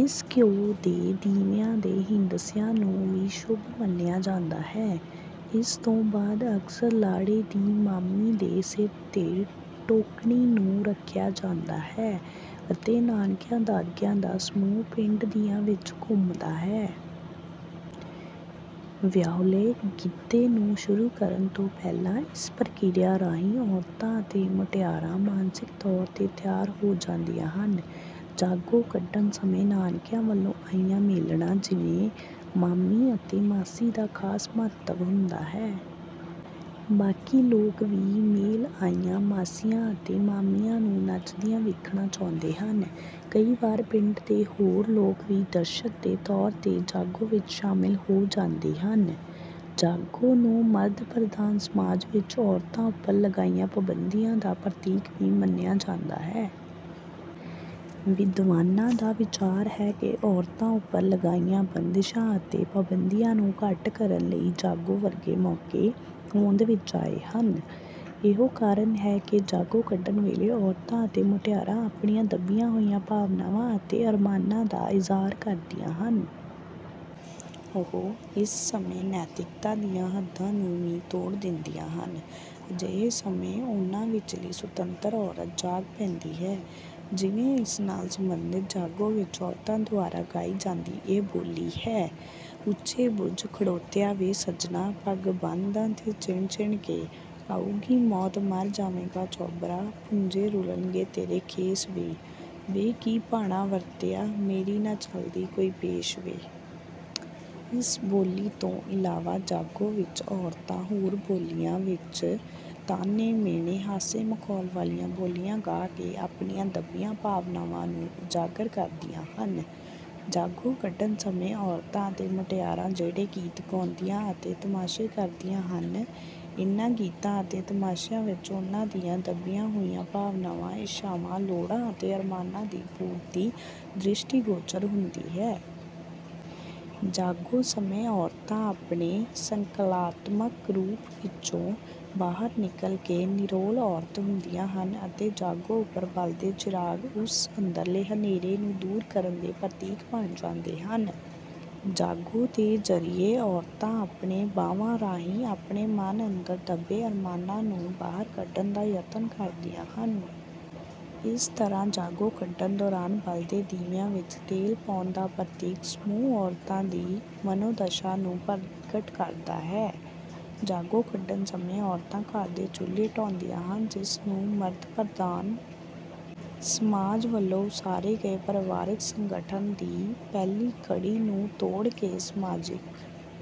ਇਸ ਘਿਉ ਦੇ ਦੀਵਿਆਂ ਦੇ ਹਿੰਦਸਿਆਂ ਨੂੰ ਵੀ ਸ਼ੁਭ ਮੰਨਿਆ ਜਾਂਦਾ ਹੈ। ਇਸ ਤੋਂ ਬਾਅਦ ਅਕਸਰ ਲਾੜੇ ਦੀ ਮਾਮੀ ਦੇ ਸਿਰ ਤੇ ਟੋਕਣੀ ਨੂੰ ਰੱਖਿਆ ਜਾਂਦਾ ਹੈ ਅਤੇ ਨਾਨਕਿਆਂ ਦਾਦਕਿਆਂ ਦਾ ਸਮੂਹ ਪਿੰਡ ਦੀਆਂ ਵਿੱਚ ਘੁੰਮਦਾ ਹੈ। ਵਿਆਹੁਲੇ ਗਿੱਧੇ ਨੂੰ ਸ਼ੁਰੂ ਕਰਨ ਤੋਂ ਪਹਿਲਾਂ ਇਸ ਪ੍ਰਕਿਰਿਆ ਰਾਹੀਂ ਔਰਤਾਂ ਅਤੇ ਮੁਟਿਆਰਾਂ ਮਾਨਸਿਕ ਤੌਰ ਤੇ ਤਿਆਰ ਹੋ ਜਾਂਦੀਆਂ ਹਨ। ਜਾਗੋ ਕੱਢਣ ਸਮੇਂ ਨਾਨਕਿਆਂ ਵੱਲੋਂ ਆਈਆਂ ਮੇਲਣਾਂ ਜਿਵੇਂ ਮਾਮੀ ਅਤੇ ਮਾਸੀ ਦਾ ਖ਼ਾਸ ਮਹੱਤਵ ਹੁੰਦਾ ਹੈ। ਬਾਕੀ ਲੋਕ ਵੀ ਮੇਲ ਆਈਆਂ ਮਾਸੀਆਂ ਅਤੇ ਮਾਮੀਆਂ ਨੂੰ ਨੱਚਦੀਆਂ ਵੇਖਣਾ ਚਾਹੁੰਦੇ ਹਨ। ਕਈ ਵਾਰ ਪਿੰਡ ਦੇ ਹੋਰ ਲੋਕ ਵੀ ਦਰਸ਼ਕ ਦੇ ਤੌਰ ਤੇ ਜਾਗੋ ਵਿੱਚ ਸ਼ਾਮਿਲ ਹੋ ਜਾਂਦੇ ਹਨ। ਜਾਗੋ ਨੂੰ ਮਰਦ ਪ੍ਰਧਾਨ ਸਮਾਜ ਵਿੱਚ ਔਰਤਾਂ ਉੱਪਰ ਲਗਾਈਆਂ ਪਾਬੰਦੀਆਂ ਦਾ ਪ੍ਰਤੀਕ ਵੀ ਮੰਨਿਆ ਜਾਂਦਾ ਹੈ। ਵਿਦਵਾਨਾਂ ਦਾ ਵਿਚਾਰ ਹੈ ਕਿ ਔਰਤਾਂ ਉੱਪਰ ਲਗਾਈਆਂ ਬੰਦਿਸ਼ਾਂ ਅਤੇ ਪਾਬੰਦੀਆਂ ਨੂੰ ਘੱਟ ਕਰਨ ਲਈ ਜਾਗੋ ਵਰਗੇ ਮੌਕੇ ਹੋਂਦ ਵਿੱਚ ਆਏ ਹਨ। ਇਹੋ ਕਾਰਨ ਹੈ ਕਿ ਜਾਗੋ ਕੱਢਣ ਵੇਲੇ ਔਰਤਾਂ ਅਤੇ ਮੁਟਿਆਰਾਂ ਆਪਣੀਆਂ ਦੱਬੀਆਂ ਹੋਈਆਂ ਭਾਵਨਾਵਾਂ ਅਤੇ ਅਰਮਾਨਾਂ ਦਾ ਇਜ਼ਹਾਰ ਕਰਦੀਆਂ ਹਨ। ਉਹ ਇਸ ਸਮੇਂ ਨੈਤਿਕਤਾ ਦੀਆਂ ਹੱਦਾਂ ਨੂੰ ਵੀ ਤੋੜ ਦਿੰਦੀਆਂ ਹਨ। ਅਜਿਹੇ ਸਮੇਂ ਉਹਨਾਂ ਵਿਚਲੀ 'ਸੁਤੰਤਰ' ਔਰਤ ਜਾਗ ਪੈਂਦੀ ਹੈ। ਜਿਵੇਂ ਇਸ ਨਾਲ ਸੰਬੰਧਿਤ ਜਾਗੋ ਵਿੱਚ ਔਰਤਾਂ ਦੁਆਰਾ ਗਾਈ ਜਾਂਦੀ ਇਹ ਬੋਲੀ ਹੈ: ਉੱਚੇ ਬੁਰਜ ਖੜੋਤਿਆ ਵੇ ਸੱਜਣਾ, ਪੱਗ ਬੰਨ੍ਹਦਾ ਤੇ ਚਿਣ-ਚਿਣ ਕੇ, ਆਊਗੀ ਮੌਤ ਮਰ ਜਾਵੇਂਗਾ ਚੋਬਰਾ, ਭੁੰਜੇ ਰੁਲਣਗੇ ਤੇਰੇ ਖੇਸ ਵੇ, ਵੇ ਕੀ ਭਾਣਾ ਵਰਤਿਆ, ਮੇਰੀ ਨਾ ਚੱਲਦੀ ਕੋਈ ਪੇਸ਼ ਵੇ। ਇਸ ਬੋਲੀ ਤੋਂ ਇਲਾਵਾ ਜਾਗੋ ਵਿੱਚ ਔਰਤਾਂ ਹੋਰ ਬੋਲੀਆਂ ਵਿੱਚ ਤਾਅਨੇ, ਮਿਹਣੇ, ਹਾਸੇ-ਮਖੌਲ ਵਾਲੀਆਂ ਬੋਲੀਆਂ ਗਾ ਕੇ ਆਪਣੀਆਂ ਦੱਬੀਆਂ ਭਾਵਨਾਵਾਂ ਨੂੰ ਉਜਾਗਰ ਕਰਦੀਆਂ ਹਨ। ਜਾਗੋ ਕੱਢਣ ਸਮੇਂ ਔਰਤਾਂ ਅਤੇ ਮੁਟਿਆਰਾਂ ਜਿਹੜੇ ਗੀਤ ਗਾਉਂਦੀਆਂ ਅਤੇ ਤਮਾਸ਼ੇ ਕਰਦੀਆਂ ਹਨ, ਇਹਨਾਂ ਗੀਤਾਂ ਅਤੇ ਤਮਾਸ਼ਿਆਂ ਵਿੱਚ ਉਹਨਾਂ ਦੀਆਂ ਦੱਬੀਆਂ ਹੋਈਆਂ ਭਾਵਨਾਵਾਂ, ਇੱਛਾਵਾਂ, ਲੋੜਾਂ ਅਤੇ ਅਰਮਾਨਾਂ ਦੀ ਪੂਰਤੀ ਦ੍ਰਿਸ਼ਟੀਗੋਚਰ ਹੁੰਦੀ ਹੈ। ਜਾਗੋ ਸਮੇਂ ਔਰਤਾਂ ਆਪਣੇ ਸੰਕਲਪਾਤਮਕ ਰੂਪ ਵਿੱਚੋਂ ਬਾਹਰ ਨਿਕਲ ਕੇ ਨਿਰੋਲ ਔਰਤਾਂ ਹੁੰਦੀਆਂ ਹਨ ਅਤੇ ਜਾਗੋ ਉੱਪਰ ਬਲਦੇ ਚਿਰਾਗ ਉਸ ਅੰਦਰਲੇ ਹਨੇਰੇ ਨੂੰ ਦੂਰ ਕਰਨ ਦੇ ਪ੍ਰਤੀਕ ਬਣ ਜਾਂਦੇ ਹਨ। ਜਾਗੋ ਦੇ ਜ਼ਰੀਏ ਔਰਤਾਂ ਆਪਣੇ ਬਾਵਾਂ ਰਾਹੀਂ ਆਪਣੇ ਮਨ ਅੰਦਰ ਦੱਬੇ ਅਰਮਾਨਾਂ ਨੂੰ ਬਾਹਰ ਕੱਢਣ ਦਾ ਯਤਨ ਕਰਦੀਆਂ ਹਨ। ਇਸੇ ਤਰ੍ਹਾਂ ਜਾਗੋ ਕੱਢਣ ਦੌਰਾਨ ਬਲਦੇ ਦੀਵਿਆਂ ਵਿੱਚ ਤੇਲ ਪਾਉਣ ਦਾ ਪ੍ਰਤੀਕ ਸਮੂਹ ਔਰਤਾਂ ਦੀ ਮਨੋਦਸ਼ਾ ਨੂੰ ਪ੍ਰਗਟ ਕਰਦਾ ਹੈ। ਜਾਗੋ ਕੱਢਣ ਸਮੇਂ ਔਰਤਾਂ ਘਰ ਦੇ ਚੁੱਲ੍ਹੇ ਢਾਹੁੰਦੀਆਂ ਹਨ, ਜਿਸ ਨੂੰ ਮਰਦ ਪ੍ਰਧਾਨ ਸਮਾਜ ਵੱਲੋਂ ਉਸਾਰੇ ਗਏ ਪਰਿਵਾਰਿਕ ਸੰਗਠਨ ਦੀ ਪਹਿਲੀ ਕੜੀ ਨੂੰ ਤੋੜ ਕੇ ਸਮਾਜਿਕ